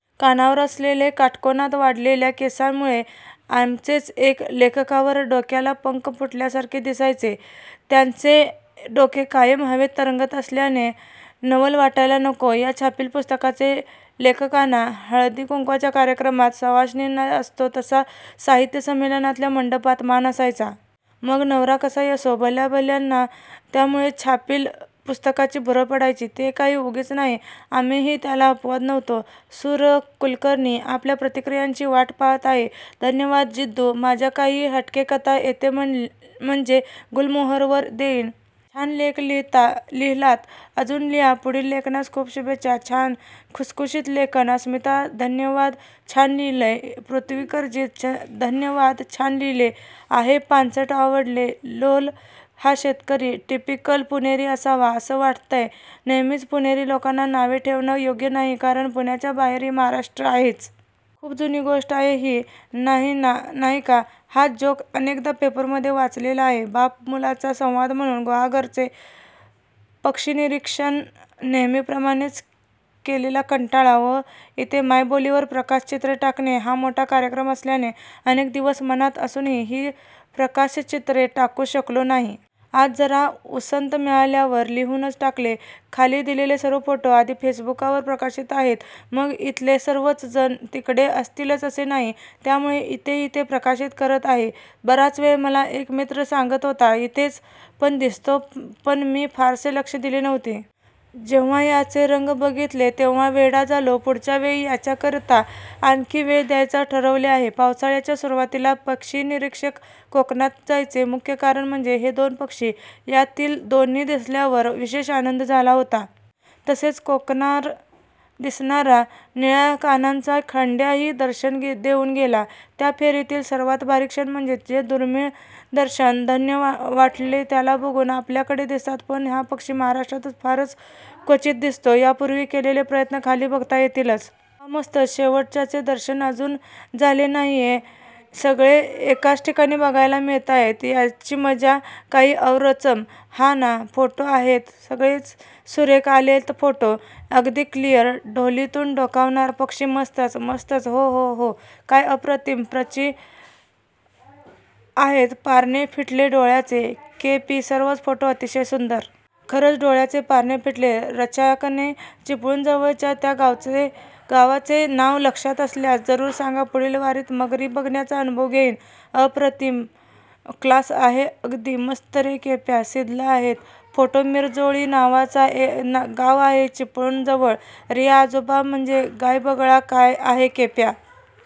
कानावर असलेले, काटकोनात वाढलेल्या केसांमुळे, आमचेच एक लेखकराव, डोक्याला पंख फुटल्या सारखे दिसायचे! त्यांचे डोके कायम हवेत तरंगत असल्यास नवल वाटायला नको! या छापील पुस्तकाचे लेखकाना, हळदी कुंकवाच्या कार्यक्रमात सवाष्णीना असतो तसा, साहित्य संमेलनातल्या मंडपात, मान असायचा. मग नवरा कसाही असो! भल्या भल्याना त्यामुळे छापील पुस्तकाची भुरळ पडायची. ते काही उगीच नाही! आम्हीही त्याला अपवाद नव्हतो. सु र कुलकर्णी. आपल्या प्रतिक्रियांची वाट पहात आहे. धन्यवाद जिद्दू. माझ्या काही 'हटके'कथा येथे म्हणजे, गुलमोहरवर देईन. छान लेख लिहिलात. अजुन लिहा.. पुढील लेखनास खूप शुभेच्छा..!! छान, खुसखुशीत लेखन! अस्मिता, धन्यवादछान लिहिलंय. पृथ्वीकरजी धन्यवादछान लिहिले आहेपांचटआवडले. लोल, हा शेतकरी टिपिकल पुणेरी असावा असं वाटंतय! नेहमीच पुणेरी लोकांना नावे ठेवणं योग्य नाहीकारण पुण्याच्या बाहेरही महाराष्ट्र आहेच. खूप जुनी गोष्ट आहे ही, नाही का? हा जोक अनेकदा पेपरमधे वाचलेला आहे. बाप-मुलाचा संवाद म्हणून. गुहागरचे पक्षीनिरीक्षणनेहेमीप्रमाणेच केलेला कंटाळा व इथे मायबोलीवर प्रकाशचित्र टाकणे हा मोठा कार्यक्रम असल्याने अनेक दिवस मनात असुनही ही प्रकाशचित्रे टाकु शकलो नाही. आज जरा उसंत मिळाल्यावर लिहुनच टाकले. खाली दिलेले सर्व फोटो आधी फेसबुकावर प्रकाशित आहेत पण इथले सर्वच जण तिकडे असतीलच असे नाही. त्यामुळे इथेही ते प्रकाशित करत आहे. बराच वेळ मला एक मित्र सांगत होता इथेच ' पण दिसतो पण मी फारसे लक्ष दिले नव्हते. जेव्हा याचे रंग बघीतले तेव्हा वेडा झालो. पुढच्या वेळी याच्याकरता आणखी वेळ द्यायच ठरवले आहे. पावसाळ्याच्या सुरुवातीला पक्षीनिरीक्षक कोकणात जायचे मुख्य कारण म्हणजे, हे दोन पक्षी. यातील दोन्ही दिसल्यावर विशेष आनंद झाला होता. तसेच कोकणार दिसणारा निळ्या कानांचा खंड्याही दर्शन देऊन गेला. त्या फेरीतील सर्वात भारी क्षण म्हणजे चे दुर्मिळ दर्शन. धन्य वाटले त्याला बघुन. आपल्याकडे दिसतात पण हा पक्षी महाराष्ट्रात फारच क्वचीत दिसतो. यापूर्वी केलेले प्रयत्न खाली बघता येतीलच. वाह मस्तच, शेवटच्याचे दर्शन अजून झाले नाहीयेहे सगळे एकाच ठिकाणी बघायला मिळताहेत त्याची मजा काही औरचम हा न फोटो आहेत सगळेचसुरेख आलेत फोटो. अगदी क्लिअर!!! ढोलीतून डोकावणारा पक्षी मस्तच. मस्तच हो हो हो काय अप्रतिम प्रचि आहेत पारणे फिटले डोळ्याचे_______/\_______केपी, सर्वच फोटो अतिशय सुंदर. खरंच डोळ्याचे पारणे फिटले. रच्याकने, चिपळूणजवळच्या त्या गावाचे नाव लक्षात असल्यास जरूर सांगा पुढील वारीत मगरी बघण्याचा अनुभव घेईन. अ प्र ति म. क्लास आहे अगदी. मस्त रे केप्या! सिधला आहेत फोटोमिरजोळी नावाचं गाव आहे चिपळूण जवळ.! रीया आजोबा म्हणजे गायबगळा आहे. केप्या..